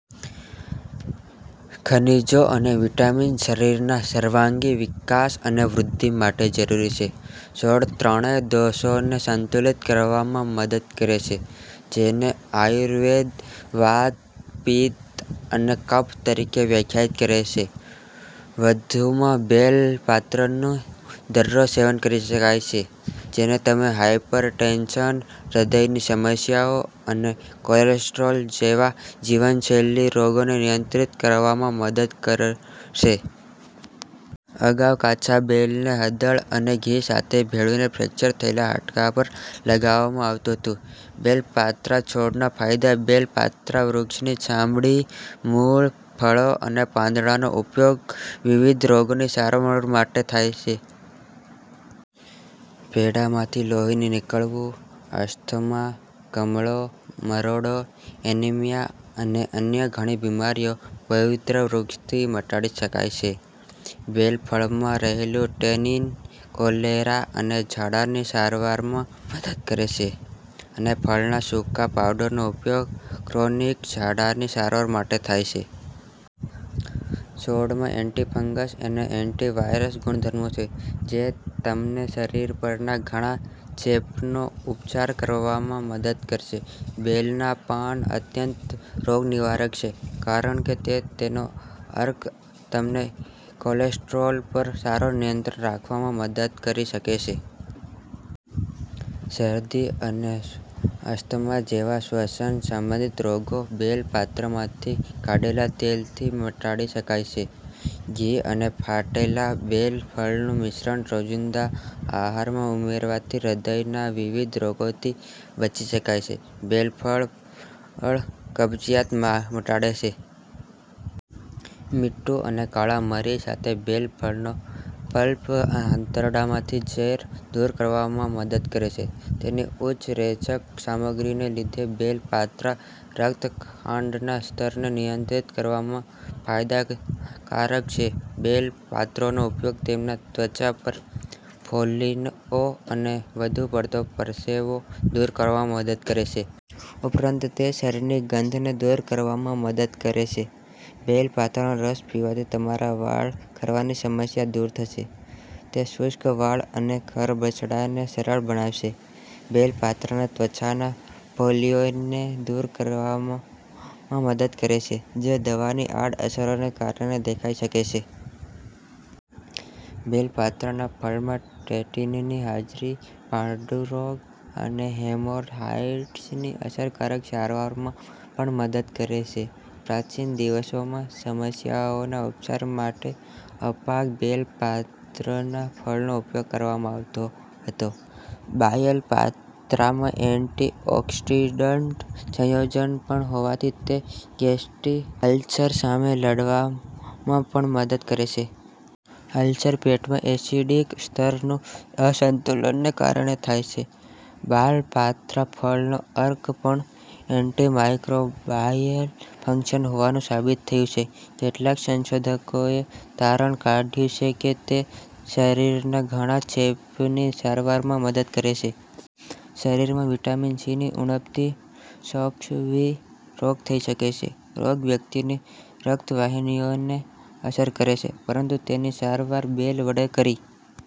ખનિજો અને વિટામિન્સ શરીરના સર્વાંગી વિકાસ અને વૃદ્ધિ માટે જરૂરી છે. છોડ ત્રણેય દોષોને સંતુલિત કરવામાં મદદ કરે છે, જેને આયુર્વેદ વાત, પિત્ત અને કફ તરીકે વ્યાખ્યાયિત કરે છે. વધુમાં, બેલ પાત્રનું દરરોજ સેવન કરી શકાય છે, જે તમને હાયપરટેન્શન, હૃદયની સમસ્યાઓ અને કોલેસ્ટ્રોલ જેવા જીવનશૈલી રોગોને નિયંત્રિત કરવામાં મદદ કરશે. અગાઉ, કાચા બેલને હળદર અને ઘી સાથે ભેળવીને ફ્રેક્ચર થયેલા હાડકાં પર લગાવવામાં આવતું હતું. બેલ પાત્રા છોડના ફાયદા બેલ પાત્રા વૃક્ષની ચામડી, મૂળ, ફળો અને પાંદડાંનો ઉપયોગ વિવિધ રોગોની સારવાર માટે થાય છે. પેઢામાંથી લોહી નીકળવું, અસ્થમા, કમળો, મરડો, એનિમિયા અને અન્ય ઘણી બીમારીઓ પવિત્ર વૃક્ષથી મટાડી શકાય છે. બેલ ફળમાં રહેલું ટેનીન કોલેરા અને ઝાડાની સારવારમાં મદદ કરે છે અને ફળના સૂકા પાવડરનો ઉપયોગ ક્રોનિક ઝાડાની સારવાર માટે થાય છે. છોડમાં એન્ટિફંગલ અને એન્ટિવાયરલ ગુણધર્મો છે જે તમને શરીર પરના ઘણા ચેપનો ઉપચાર કરવામાં મદદ કરશે. બેલના પાન અત્યંત રોગનિવારક છે કારણ કે તેનો અર્ક તમને કોલેસ્ટ્રોલ પર સારો નિયંત્રણ રાખવામાં મદદ કરી શકે છે. શરદી અને અસ્થમા જેવા શ્વસન સંબંધી રોગો બેલ પત્રમાંથી કાઢેલા તેલથી મટાડી શકાય છે. ઘી અને ફાટેલા બેલ ફળનું મિશ્રણ રોજિંદા આહારમાં ઉમેરવાથી હૃદયના વિવિધ રોગોથી બચી શકાય છે. બેલ ફળ કબજિયાત મટાડે છે. મીઠું અને કાળા મરી સાથે બેલ ફળનો પલ્પ આંતરડામાંથી ઝેર દૂર કરવામાં મદદ કરે છે. તેની ઉચ્ચ રેચક સામગ્રીને લીધે, બેલ પાત્રા રક્ત ખાંડના સ્તરને નિયંત્રિત કરવામાં ફાયદાકારક છે. બેલ પાત્રાનો ઉપયોગ તમને ત્વચા પર ફોલ્લીઓ અને વધુ પડતો પરસેવો દૂર કરવામાં મદદ કરી શકે છે. ઉપરાંત, તે શરીરની ગંધને દૂર કરવામાં મદદ કરે છે. બેલ પાત્રાનો રસ પીવાથી તમારા વાળ ખરવાની સમસ્યા દૂર થશે. તે શુષ્ક વાળ અને ખરબચડાને સરળ બનાવશે. બેલ પાત્રા ત્વચાના ફોલ્લીઓને દૂર કરવામાં મદદ કરે છે જે દવાની આડઅસરોને કારણે દેખાઈ શકે છે. બેલ પાત્રાના ફળમાં ટેનીનની હાજરી પાંડુરોગ અને હેમોરહોઇડ્સની અસરકારક સારવારમાં પણ મદદ કરે છે. પ્રાચીન દિવસોમાં, સમસ્યાઓના ઉપચાર માટે અપાક બેલ પાત્રના ફળનો ઉપયોગ કરવામાં આવતો હતો. બાયલ પાત્રામાં એન્ટી-ઓક્સિડન્ટ સંયોજનો પણ હોવાથી તે ગેસ્ટ્રિક અલ્સર સામે લડવામાં પણ મદદ કરે છે. અલ્સર પેટમાં એસિડિક સ્તરના અસંતુલનને કારણે થાય છે. બાલ પાત્રા ફળનો અર્ક પણ એન્ટિમાઇક્રોબાયલ ફંક્શન્સ હોવાનું સાબિત થયું છે. કેટલાક સંશોધકોએ તારણ કાઢ્યું છે કે તે શરીરના ઘણા ચેપની સારવારમાં મદદ કરે છે. શરીરમાં વિટામિન સીની ઉણપથી સ્કર્વી રોગ થઈ શકે છે. રોગ વ્યક્તિની રક્તવાહિનીઓને અસર કરે છે પરંતુ તેની સારવાર બેલ વડે કરી